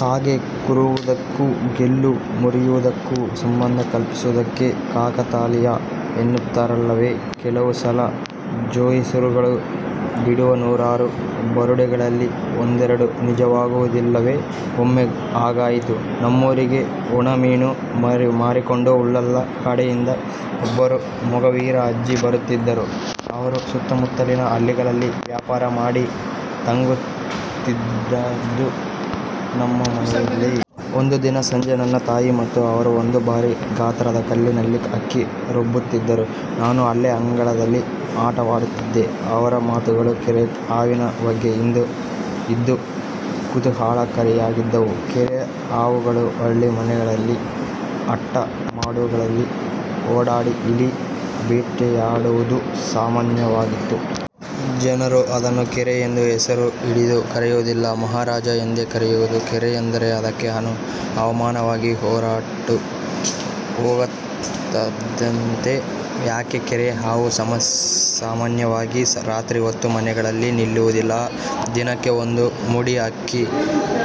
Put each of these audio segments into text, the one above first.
ಕಾಗೆ ಕೂರುವುದಕ್ಕೂ ಗೆಲ್ಲು ಮುರಿಯುವುದಕ್ಕೂ ಸಂಬಂಧ ಕಲ್ಪಿಸುವುದಕ್ಕೆ ಕಾಕತಾಳೀಯ ಎನ್ನುತ್ತಾರಲ್ಲವೇ? ಕೆಲವು ಸಲ ಜೋಯಿಸರುಗಳು ಬಿಡುವ ನೂರಾರು ಬುರುಡೆಗಳಲ್ಲಿ ಒಂದೆರಡು ನಿಜವಾಗುವುದಿಲ್ಲವೇ? ಒಮ್ಮೆ ಹಾಗಾಯಿತು. ನಮ್ಮೂರಿಗೆ ಒಣಮೀನು ಮಾರಿಕೊಂಡು ಉಳ್ಳಾಲ ಕಡೆಯಿಂದ ಒಬ್ಬರು ಮೊಗವೀರ ಅಜ್ಜಿ ಬರುತ್ತಿದ್ದರು. ಅವರು ಸುತ್ತಮುತ್ತಲಿನ ಹಳ್ಳಿಗಳಲ್ಲಿ ವ್ಯಾಪಾರ ಮಾಡಿ ತಂಗುತ್ತಿದ್ದದ್ದು ನಮ್ಮ ಮನೆಯಲ್ಲೇ. ಒಂದು ದಿನ ಸಂಜೆ ನನ್ನ ತಾಯಿ ಮತ್ತು ಅವರು ಒಂದು ಭಾರೀ ಗಾತ್ರದ ಕಲ್ಲಿನಲ್ಲಿ ಅಕ್ಕಿ ರುಬ್ಬುತ್ತಿದ್ದರು. ನಾನು ಅಲ್ಲೇ ಅಂಗಳದಲ್ಲಿ ಆಟವಾಡುತ್ತಿದ್ದೆ. ಅವರ ಮಾತುಗಳು ಕೇರೆ ಹಾವಿನ ಬಗ್ಗೆ ಇದ್ದು ಕುತೂಹಲಕಾರಿಯಾಗಿದ್ದವು. ಕೇರೆ ಹಾವುಗಳು ಹಳ್ಳಿ ಮನೆಗಳಲ್ಲಿ ಅಟ್ಟ, ಮಾಡುಗಳಲ್ಲಿ ಓಡಾಡಿ ಇಲಿ ಬೇಟೆಯಾಡುವುದು ಸಾಮಾನ್ಯವಾಗಿತ್ತು. ಜನರು ಅದನ್ನು 'ಕೇರೆ' ಎಂದು ಹೆಸರು ಹಿಡಿದು ಕರೆಯುವುದಿಲ್ಲ-'ಮಹಾರಾಜ' ಎಂದೇ ಕರೆಯುವುದು 'ಕೇರೆ' ಎಂದರೆ ಅದಕ್ಕೆ ಅವಮಾನವಾಗಿ ಹೊರಟು ಹೋಗತ್ತದಂತೆ. ಯಾಕೆ? ಕೇರೆ ಹಾವು ಸಾಮಾನ್ಯವಾಗಿ ರಾತ್ರಿ ಹೊತ್ತು ಮನೆಗಳಲ್ಲಿ ನಿಲ್ಲುವುದಿಲ್ಲ. ದಿನಕ್ಕೆ ಒಂದು ಮುಡಿ ಅಕ್ಕಿ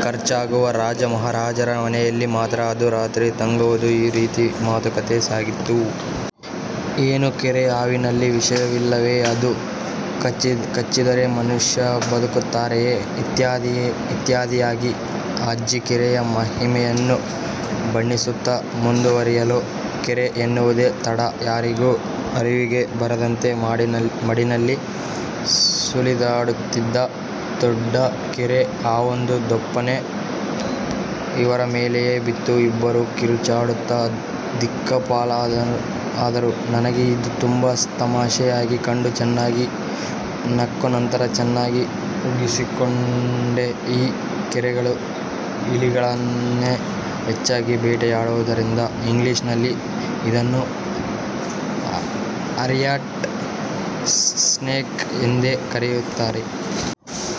ಖರ್ಚಾಗುವ ರಾಜ-ಮಹಾರಾಜರ ಮನೆಯಲ್ಲಿ ಮಾತ್ರ ಅದು ರಾತ್ರಿ ತಂಗುವುದು ಈ ರೀತಿ ಮಾತುಕತೆ ಸಾಗಿತ್ತು. ''ಏನು ಕೇರೆ ಹಾವಿನಲ್ಲಿ ವಿಷವಿಲ್ಲವೇ? ಅದು ಕಚ್ಚಿದರೆ ಮನುಷ್ಯ ಬದುಕುತ್ತಾರೆಯೇ? '' ಇತ್ಯಾದಿಯಾಗಿ ಅಜ್ಜಿ ಕೇರೆಯ ಮಹಿಮೆಯನ್ನು ಬಣ್ಣಿಸುತ್ತಾ, ಮುಂದುವರಿಯಲು ''ಕೇರೆ'' ಎನ್ನುವುದೇ ತಡ ಯಾರಿಗೂ ಅರಿವಿಗೇ ಬರದಂತೆ ಮಾಡಿನಲ್ಲಿ ಸುಳಿದಾಡುತ್ತಿದ್ದ ದೊಡ್ಡ ಕೇರೆ ಹಾವೊಂದು ದೊಪ್ಪನೆ ಇವರ ಮೇಲೆಯೇ ಬಿತ್ತು ಇಬ್ಬರೂ ಕಿರುಚಾಡುತ್ತಾ ದಿಕ್ಕಾಪಾಲಾದರು ನನಗೆ ಇದು ತುಂಬಾ ತಮಾಷೆಯಾಗಿ ಕಂಡು ಚೆನ್ನಾಗಿ ನಕ್ಕು ನಂತರ ಚೆನ್ನಾಗಿ ಉಗಿಸಿಕೊಂಡೆ ಈ ಕೇರೆಗಳು ಇಲಿಗಳನ್ನೇ ಹೆಚ್ಚಾಗಿ ಬೇಟೆಯಾಡುವುದರಿಂದ ಇಂಗ್ಲಿಷ್ ನಲ್ಲಿ ಇದನ್ನು 'ರ್ಯಾಟ್ ಸ್ನೇಕ್' ಎಂದೇ ಕರೆಯುತ್ತಾರೆ.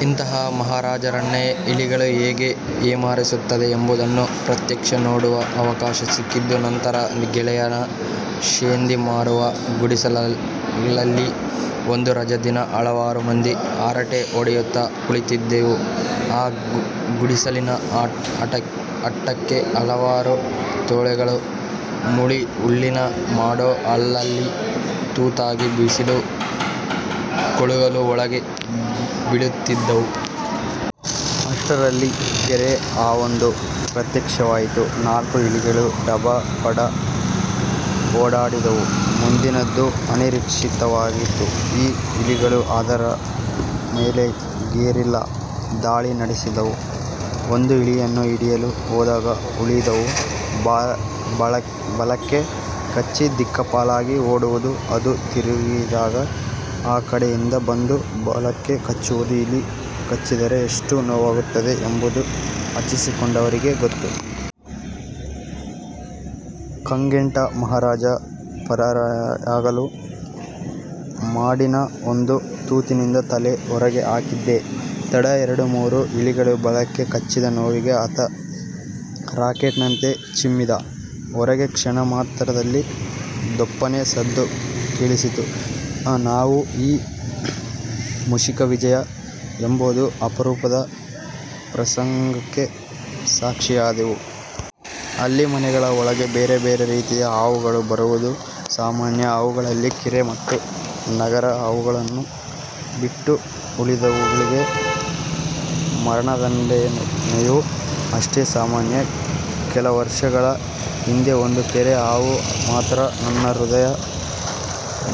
ಇಂತಹ 'ಮಹಾರಾಜ'ರನ್ನೇ ಇಲಿಗಳು ಹೇಗೆ ಏಮಾರಿಸುತ್ತದೆ ಎಂಬುವುದನ್ನು ಪ್ರತ್ಯಕ್ಷ ನೋಡುವ ಅವಕಾಶ ಸಿಕ್ಕಿದ್ದು ನಂತರ ಗೆಳೆಯನ ಶೇಂದಿ ಮಾರುವ ಗುಡಿಸಲಲ್ಲಿ. ಒಂದು ರಜಾ ದಿನ ಹಲವಾರು ಮಂದಿ ಹರಟೆ ಹೊಡೆಯುತ್ತಾ ಕುಳಿತ್ತಿದ್ದೆವು. ಆ ಗುಡಿಸಲಿನ ಅಟ್ಟಕ್ಕೆ ಹಲವಾರು ತೊಲೆಗಳು. ಮುಳಿ ಹುಲ್ಲಿನ ಮಾಡೋ ಅಲ್ಲಲ್ಲಿ ತೂತಾಗಿ ಬಿಸಿಲು ಕೋಲುಗಳು ಒಳಗೆ ಬೀಳುತ್ತಿದ್ದವು. ಅಷ್ಟರಲ್ಲಿ ಕೇರೆ ಹಾವೊಂದು ಪ್ರತ್ಯಕ್ಷವಾಯಿತು. ನಾಲ್ಕು ಇಲಿಗಳು ದಡಬಡ ಓಡಾಡಿದವು. ಮುಂದಿನದ್ದು ಅನಿರೀಕ್ಷಿತವಾಗಿತ್ತು. ಈ ಇಲಿಗಳು ಅದರ ಮೇಲೆ ಗೆರಿಲ್ಲಾ ದಾಳಿ ನಡೆಸಿದವು ಒಂದು ಇಲಿಯನ್ನು ಹಿಡಿಯಲು ಹೋದಾಗ ಉಳಿದವು ಬಾಲಕ್ಕೆ ಕಚ್ಚಿ ದಿಕ್ಕಾಪಾಲಾಗಿ ಓಡುವುದು. ಅದು ತಿರುಗಿದಾಗ ಆ ಕಡೆಯಿಂದ ಬಂದು ಬಾಲಕ್ಕೆ ಕಚ್ಚುವುದು ಇಲಿ ಕಚ್ಚಿದರೆ ಎಷ್ಟು ನೋವಾಗುತ್ತದೆ ಎಂಬುವುದು ಕಚ್ಚಿಸಿಕೊಂಡವರಿಗೇ ಗೊತ್ತು! ಕಂಗೆಟ್ಟ 'ಮಹಾರಾಜ' ಪರಾರಿಯಾಗಲು ಮಾಡಿನ ಒಂದು ತೂತಿನಿಂದ ತಲೆ ಹೊರಗೆ ಹಾಕಿದ್ದೇ ತಡ ಎರಡು ಮೂರು ಇಲಿಗಳು ಬಾಲಕ್ಕೆ ಕಚ್ಚಿದ ನೋವಿಗೆ ಆತ ರಾಕೆಟ್ನಂತೆ ಚಿಮ್ಮಿದ! ಹೊರಗೆ ಕ್ಷಣ ಮಾತ್ರದಲ್ಲಿ ದೊಪ್ಪನೇ ಸದ್ದು ಕೇಳಿಸಿತು ನಾವು ಈ 'ಮೂಷಿಕ ವಿಜಯ' ಎಂಬೊಂದು ಅಪರೂಪದ ಪ್ರಸಂಗಕ್ಕೆ ಸಾಕ್ಷಿಯಾದೆವು. ಹಳ್ಳಿ ಮನೆಗಳ ಒಳಗೆ ಬೇರೆ ಬೇರೆ ರೀತಿಯ ಹಾವುಗಳು ಬರುವುದು ಸಾಮಾನ್ಯ. ಅವುಗಳಲ್ಲಿ ಕೇರೆ ಮತ್ತು ನಾಗರ ಹಾವುಗಳನ್ನು ಬಿಟ್ಟು ಉಳಿದವುಗಳಿಗೆ ಮರಣದಂಡನೆಯೂ ಅಷ್ಟೇ ಸಾಮಾನ್ಯ. ಕೆಲವರ್ಷಗಳ ಹಿಂದೆ ಒಂದು ಕೇರೆ ಹಾವು ಮಾತ್ರ ನನ್ನ ಹೃದಯ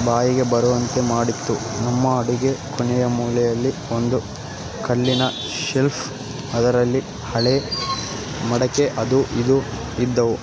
ಬಾಯಿಗೆ ಬರುವಂತೆ ಮಾಡಿತ್ತು. ನಮ್ಮ ಅಡುಗೆ ಕೋಣೆಯ ಮೂಲೆಯಲ್ಲಿ ಒಂದು ಕಲ್ಲಿನ ಶೆಲ್ಫ್. ಅದರಲ್ಲಿ ಹಳೆ ಮಡಕೆ ಅದೂ ಇದೂ ಇದ್ದವು.